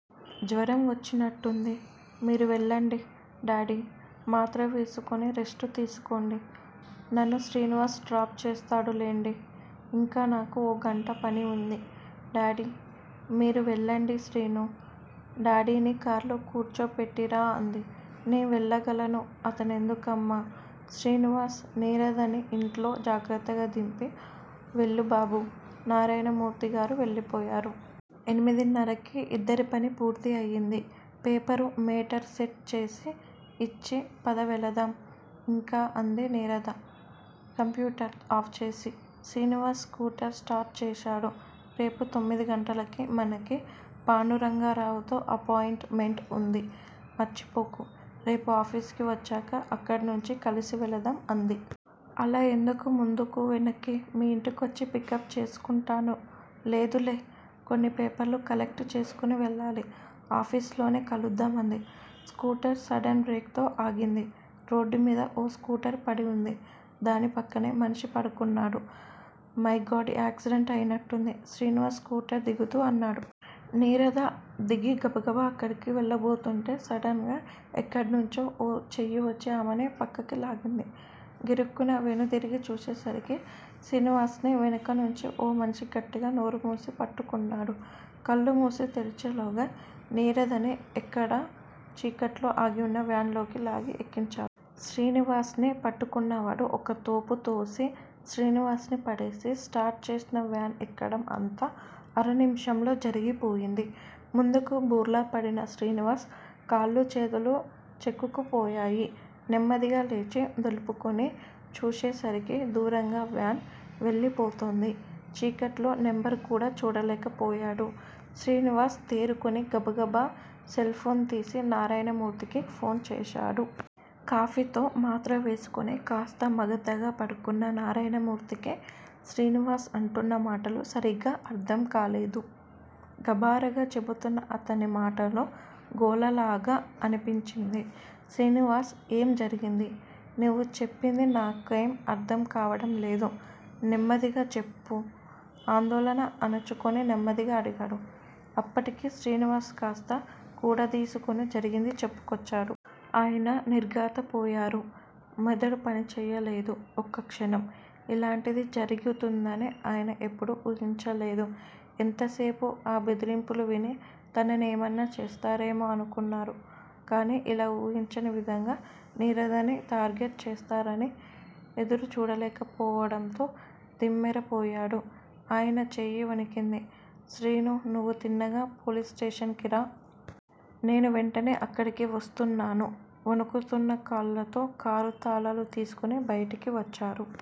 జ్వరం వచ్చినట్టుంది. మీరు వెళ్ళండి డాడీ, మాత్ర వేసుకుని రెస్ట్ తీసుకోండి. నన్ను శ్రీనివాస్ డ్రాప్ చేస్తాడులెండి ఇంకా నాకు ఓ గంట పనివుంది డాడీ. మీరు వెళ్ళండి శ్రీనూ, డాడీని కారులో కూర్చో పెట్టిరా అంది. నే వెళ్ళగలను అతనెందుకమ్మా, శ్రీనివాస్! నీరదని ఇంట్లో జాగ్రత్తగా దింపి వెళ్ళు బాబూ నారాయణమూర్తిగారు వెళ్ళిపోయారు. ఎనిమిదిన్నరకి ఇద్దరి పనీ పూర్తి అయింది. పేపరు మేటర్ సెట్ చేసి ఇచ్చి పద వెళదాం ఇంక అంది నీరద కంప్యూటర్ ఆఫ్ చేసి. శ్రీనివాస్ స్కూటర్ స్టార్ట్ చేశాడు. రేపు తొమ్మిదిగంటలకి మనకి పాండురంగారావుతో అపాయింట్ మెంట్ వుంది. మర్చిపోకు. రేపు ఆఫీసుకి వచ్చాక అక్కడినించి కలిసి వెళదాం అంది. అలా ఎందుకు ముందుకూ, వెనక్కి మీ ఇంటికొచ్చి పికప్ చేసుకుంటాను లేదులే. కొన్ని పేపర్లు కలెక్ట్ చేసుకుని వెళ్ళాలి, ఆఫీసులోనే కలుద్దాం అంది. స్కూటర్ సడెన్ బ్రేక్ తో ఆగింది. రోడ్డుమధ్య ఓ స్కూటరు పడివుంది. దానిపక్కనే మనిషి పడున్నాడు. మైగాడ్ యాక్సిడెంట్ అయినట్టుంది. శ్రీనివాస్ స్కూటర్ దిగుతూ అన్నాడు. నీరద దిగి గబగబా అక్కడికి వెళ్ళబోతూంటే సడెన్ గా ఎక్కడినించో ఓ చెయ్యివచ్చి ఆమెని పక్కకి లాగింది. గిరుక్కున వెనుదిరిగి చూసేసరికి శ్రీనివాస్ ని వెనకనించి ఓ మనిషి గట్టిగా నోరుమూసి పట్టుకున్నాడు. కళ్ళుమూసి తెరిచేలోగా నీరదని అక్కడ చీకట్లో ఆగివున్న వ్యాన్ లోకి లాగి ఎక్కించా శ్రీనివాస్ ని పట్టుకున్నవాడు ఒక్కతోపు తోసి శ్రీనివాస్ ని పడేసి స్టార్ట్ చేసిన వ్యాన్ ఎక్కడం అంతా అరనిముషంలో జరిగిపోయింది. ముందుకు బోర్లాపడిన శ్రీనివాస్ కాళ్ళు చేతులు చెక్కుకుపోయాయి. నెమ్మదిగా లేచి దులుపుకుని చూసేసరికి దూరంగా వ్యాన్ వెళ్ళిపోతోంది. చీకట్లో నెంబరుకూడా చూడలేకపోయాడు. శ్రీనివాస్ తేరుకుని గబగబా సెల్ ఫోన్ తీసి నారాయణమూర్తిగారికి ఫోను చేశాడు. కాఫీతో మాత్ర వేసుకుని కాస్త మగతగా పడుకున్న నారాయణమూర్తికి శ్రీనివాస్ అంటున్న మాటలు సరిగా అర్థంకాలేదు. గాభరాగా చెబుతున్న అతని మాటలు గోలగోలగా అనిపించింది. శ్రీనివాస్ ఏం జరిగింది నీవు చెప్పింది నాకేం అర్థం కావడంలేదు. నెమ్మదిగా చెప్పు ఆందోళన అణచుకుని నెమ్మదిగా అడిగారు. అప్పటికి శ్రీనివాస్ కాస్త కూడదీసుకుని జరిగింది చెప్పుకొచ్చాడు. ఆయన నిర్ఘాంతపోయారు. మెదడు పనిచెయ్యలేదు ఒక్కక్షణం. ఇలాంటిది జరిగుతుందని ఆయన ఎప్పుడూ ఊహించలేదు. ఎంతసేపూ ఆ బెదిరింపులు విని తనని ఏమన్నా చేస్తారేమో అనుకున్నారు. కాని ఇలా ఊహించని విధంగా నీరదని టార్గెట్ చేస్తారని ఎదురు చూడకపోవడంతో దిమ్మెరపోయాడు. ఆయన చెయ్యి వణికింది. శీనూ, నీవు తిన్నగా పోలీసు స్టేషన్ కి రా. నేనూ వెంటనే అక్కడికి వస్తున్నాను వణుకుతున్న కాళ్లతో కారు తాళాలు తీసుకుని బయటికి వచ్చారు.